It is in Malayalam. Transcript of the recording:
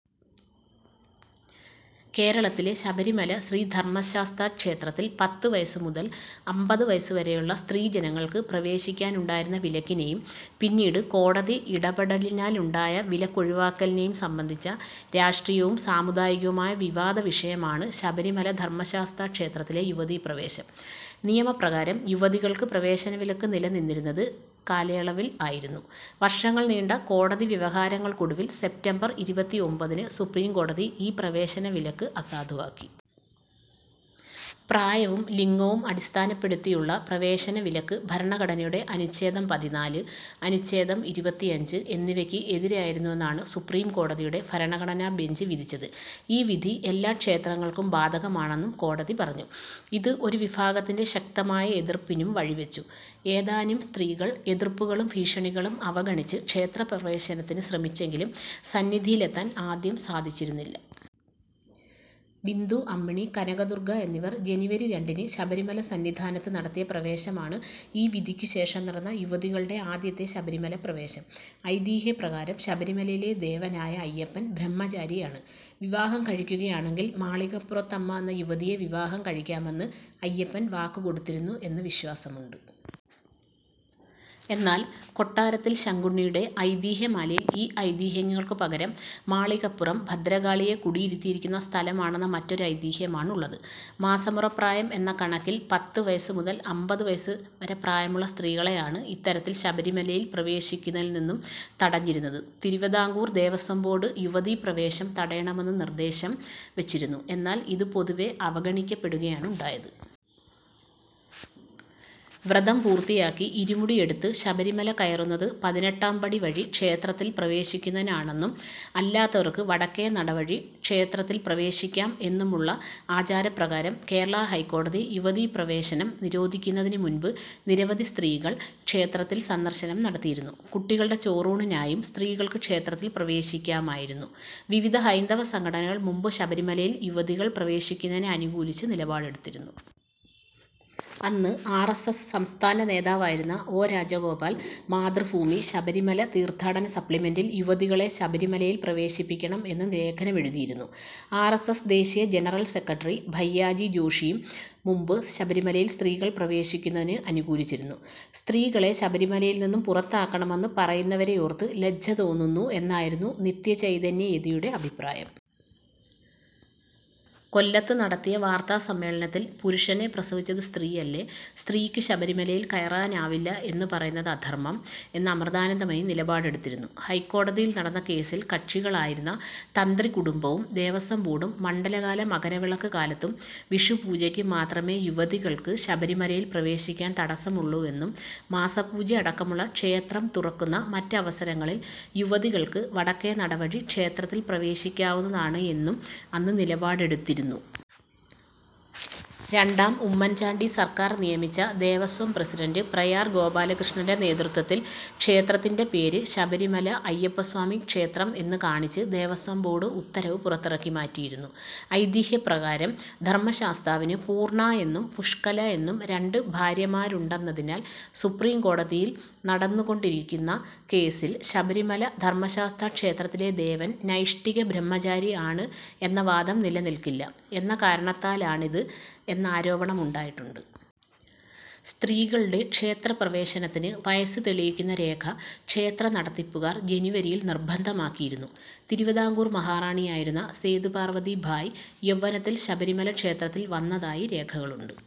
കേരളത്തിലെ ശബരിമല ശ്രീ ധർമ്മശാസ്താക്ഷേത്രത്തിൽ പത്ത് വയസ് മുതൽ അമ്പത് വയസ് വരെയുള്ള സ്ത്രീജനങ്ങൾക്ക് പ്രവേശിക്കാനുണ്ടായിരുന്ന വിലക്കിനേയും പിന്നീട് കോടതി ഇടപെടലിനാലുണ്ടായ വിലക്കൊഴിവാക്കലിനേയും സംബന്ധിച്ച രാഷ്ട്രീയവും സാമുദായികവുമായ വിവാദ വിഷയമാണ് ശബരിമല ധർമ്മശാസ്താ ക്ഷേത്രത്തിലെ യുവതീപ്രവേശം. നിയമപ്രകാരം യുവതികൾക്ക് പ്രവേശനവിലക്ക് നിലനിന്നിരുന്നത് കാലയളവിൽ ആയിരുന്നു. വർഷങ്ങൾ നീണ്ട കോടതി വ്യവഹാരങ്ങൾക്കൊടുവിൽ സെപ്റ്റംബർ ഇരുപത്തിഒമ്പതിന് സുപ്രീം കോടതി ഈ പ്രവേശനവിലക്ക് അസാധുവാക്കി. പ്രായവും ലിംഗവും അടിസ്ഥാനപ്പെടുത്തി ഉള്ള പ്രവേശനവിലക്ക് ഭരണഘടനയുടെ അനുച്ഛേദം പതിനാല്, അനുച്ഛേദം ഇരുപത്തിയഞ്ച് എന്നിവക്ക് എതിരായിരുന്നുവെന്നാണ് സുപ്രീം കോടതിയുടെ ഭരണഘടനാബെഞ്ച് വിധിച്ചത്. ഈ വിധി എല്ലാ ക്ഷേത്രങ്ങൾക്കും ബാധകമാണെന്നും കോടതി പറഞ്ഞു. ഇത് ഒരു വിഭാഗത്തിന്റെ ശക്തമായ എതിർപ്പിനും വഴിവെച്ചു. ഏതാനും സ്ത്രീകൾ എതിർപ്പുകളും ഭീഷണികളും അവഗണിച്ച് ക്ഷേത്രപ്രവേശനത്തിന് ശ്രമിച്ചെങ്കിലും സന്നിധിയിലെത്താൻ ആദ്യം സാധിച്ചിരുന്നില്ല. ബിന്ദു അമ്മിണി, കനകദുർഗ എന്നിവർ ജനുവരി രണ്ടിന് ശബരിമല സന്നിധാനത്ത് നടത്തിയ പ്രവേശമാണ്, ഈ വിധിക്കുശേഷം നടന്ന യുവതികളുടെ ആദ്യത്തെ ശബരിമലപ്രവേശം. ഐതിഹ്യപ്രകാരം ശബരിമലയിലെ ദേവനായ അയ്യപ്പൻ, ബ്രഹ്മചാരിയാണ്. വിവാഹം കഴിക്കുകയാണെങ്കിൽ മാളികപ്പുറത്തമ്മ എന്ന യുവതിയെ വിവാഹം കഴിക്കാമെന്ന് അയ്യപ്പൻ വാക്ക് കൊടുത്തിരുന്നു എന്ന് വിശ്വാസമുണ്ട്. എന്നാൽ കൊട്ടാരത്തിൽ ശങ്കുണ്ണിയുടെ ഐതിഹ്യമാലയിൽ ഈ ഐതിഹ്യങ്ങൾക്ക് പകരം, മാളികപ്പുറം ഭദ്രകാളിയെ കുടിയിരുത്തിയിരിക്കുന്ന സ്ഥലമാണെന്ന മറ്റൊരു ഐതിഹ്യമാണുള്ളത്. മാസമുറ പ്രായം എന്ന കണക്കിൽ പത്ത് വയസ് മുതൽ അമ്പത് വയസ് വരെ പ്രായമുള്ള സ്ത്രീകളെയാണ് ഇത്തരത്തിൽ ശബരിമലയിൽ പ്രവേശിക്കുന്നതിൽ നിന്നും തടഞ്ഞിരുന്നത്. തിരുവിതാംകൂർ ദേവസ്വം ബോർഡ് യുവതീ പ്രവേശം തടയണമെന്ന് നിർദ്ദേശം വെച്ചിരുന്നു, എന്നാൽ ഇത് പൊതുവേ അവഗണിക്കപ്പെടുകയാണുണ്ടായത്. വ്രതം പൂർത്തിയാക്കി ഇരുമുടി എടുത്ത് ശബരിമല കയറുന്നത് പതിനെട്ടാംപടി വഴി ക്ഷേത്രത്തിൽ പ്രവേശിക്കുന്നതിനാണെന്നും അല്ലാത്തവർക്ക് വടക്കേ നടവഴി ക്ഷേത്രത്തിൽ പ്രവേശിക്കാം എന്നുമുള്ള ആചാരപ്രകാരം, കേരള ഹൈക്കോടതി യുവതീപ്രവേശനം നിരോധിക്കുന്നതിന് മുമ്പ്, നിരവധി സ്ത്രീകൾ ക്ഷേത്രത്തിൽ സന്ദർശനം നടത്തിയിരുന്നു. കുട്ടികളുടെ ചോറൂണിനായും സ്ത്രീകൾക്ക് ക്ഷേത്രത്തിൽ പ്രവേശിക്കാമായിരുന്നു. വിവിധ ഹൈന്ദവസംഘടനകൾ മുമ്പ് ശബരിമലയിൽ യുവതികൾ പ്രവേശിക്കുന്നതിനെ അനുകൂലിച്ച് നിലപാടെടുത്തിരുന്നു. അന്ന് ആർ. എസ്. എസ്. സംസ്ഥാന നേതാവായിരുന്ന ഒ. രാജഗോപാൽ മാതൃഭൂമി ശബരിമല തീർത്ഥാടന സപ്ലിമെന്റിൽ യുവതികളെ ശബരിമലയിൽ പ്രവേശിപ്പിക്കണം എന്ന് ലേഖനമെഴുതിയിരുന്നു. ആർ. എസ്. എസ്. ദേശീയ ജനറൽ സെക്രട്ടറി ഭയ്യാജി ജോഷിയും മുമ്പ് ശബരിമലയിൽ സ്ത്രീകൾ പ്രവേശിക്കുന്നതിന് അനുകൂലിച്ചിരുന്നു. 'സ്ത്രീകളെ ശബരിമലയിൽ നിന്ന് പുറത്താക്കണമെന്ന് പറയുന്നവരെയോർത്ത് ലജ്ജ തോന്നുന്നു' എന്നായിരുന്നു നിത്യചൈതന്യയെതിയുടെ അഭിപ്രായം. കൊല്ലത്ത് നടത്തിയ വാർത്താസമ്മേളനത്തിൽ 'പുരുഷനെ പ്രസവിച്ചത് സ്ത്രീയല്ലേ, സ്ത്രീക്കു ശബരിമലയിൽ കയറാനാവില്ല എന്നു പറയുന്നത് അധർമ്മം' എന്ന് അമൃതാനന്ദമയി നിലപാടെടുത്തിരുന്നു. ഹൈക്കോടതിയിൽ നടന്ന കേസിൽ കക്ഷികളായിരുന്ന തന്ത്രികുടുംബവും ദേവസ്വം ബോർഡും മണ്ഡലകാല മകരവിളക്ക് കാലത്തും വിഷുപൂജയ്ക്കും മാത്രമേ യുവതികൾക്ക് ശബരിമലയിൽ പ്രവേശിക്കാൻ തടസ്സമുള്ളു എന്നും മാസപൂജയടക്കമുള്ള, ക്ഷേത്രം തുറക്കുന്ന, മറ്റ് അവസരങ്ങളിൽ യുവതികൾക്ക് വടക്കേനട വഴി ക്ഷേത്രത്തിൽ പ്രവേശിക്കാവുന്നതാണ് എന്നും അന്ന് നിലപാടെടുത്തിരുന്നു. രണ്ടാം ഉമ്മൻ ചാണ്ടി സർക്കാർ നിയമിച്ച ദേവസ്വം പ്രസിഡന്റ് പ്രയാർ ഗോപാലകൃഷ്ണന്റെ നേതൃത്വത്തിൽ ക്ഷേത്രത്തിന്റെ പേര് ശബരിമല അയ്യപ്പസ്വാമി ക്ഷേത്രം എന്ന് കാണിച്ച് ദേവസ്വം ബോർഡ് ഉത്തരവ് പുറത്തിറക്കി മാറ്റിയിരുന്നു. ഐതിഹ്യപ്രകാരം ധർമ്മശാസ്താവിന് പൂർണ്ണ എന്നും പുഷ്കല എന്നും രണ്ട് ഭാര്യമാരുണ്ടെന്നതിനാൽ, സുപ്രീം കോടതിയിൽ നടന്നുകൊണ്ടിരിക്കുന്ന കേസിൽ, ശബരിമല ധർമ്മശാസ്താക്ഷേത്രത്തിലെ ദേവൻ നൈഷ്ഠിക ബ്രഹ്മചാരി ആണ് എന്ന വാദം നിലനിൽക്കില്ല എന്ന കാരണത്താലാണിത് എന്നാരോപണമുണ്ടായിട്ടുണ്ട്. സ്ത്രീകളുടെ ക്ഷേത്രപ്രവേശനത്തിന് വയസ്സ് തെളിയിക്കുന്ന രേഖ ക്ഷേത്രനടത്തിപ്പുകാർ ജനുവരിയിൽ നിർബന്ധമാക്കിയിരുന്നു. തിരുവിതാംകൂർ മഹാറാണിയായിരുന്ന സേതു പാർവ്വതി ബായ്, യൗവനത്തിൽ ശബരിമല ക്ഷേത്രത്തിൽ വന്നതായി രേഖകളുണ്ട്.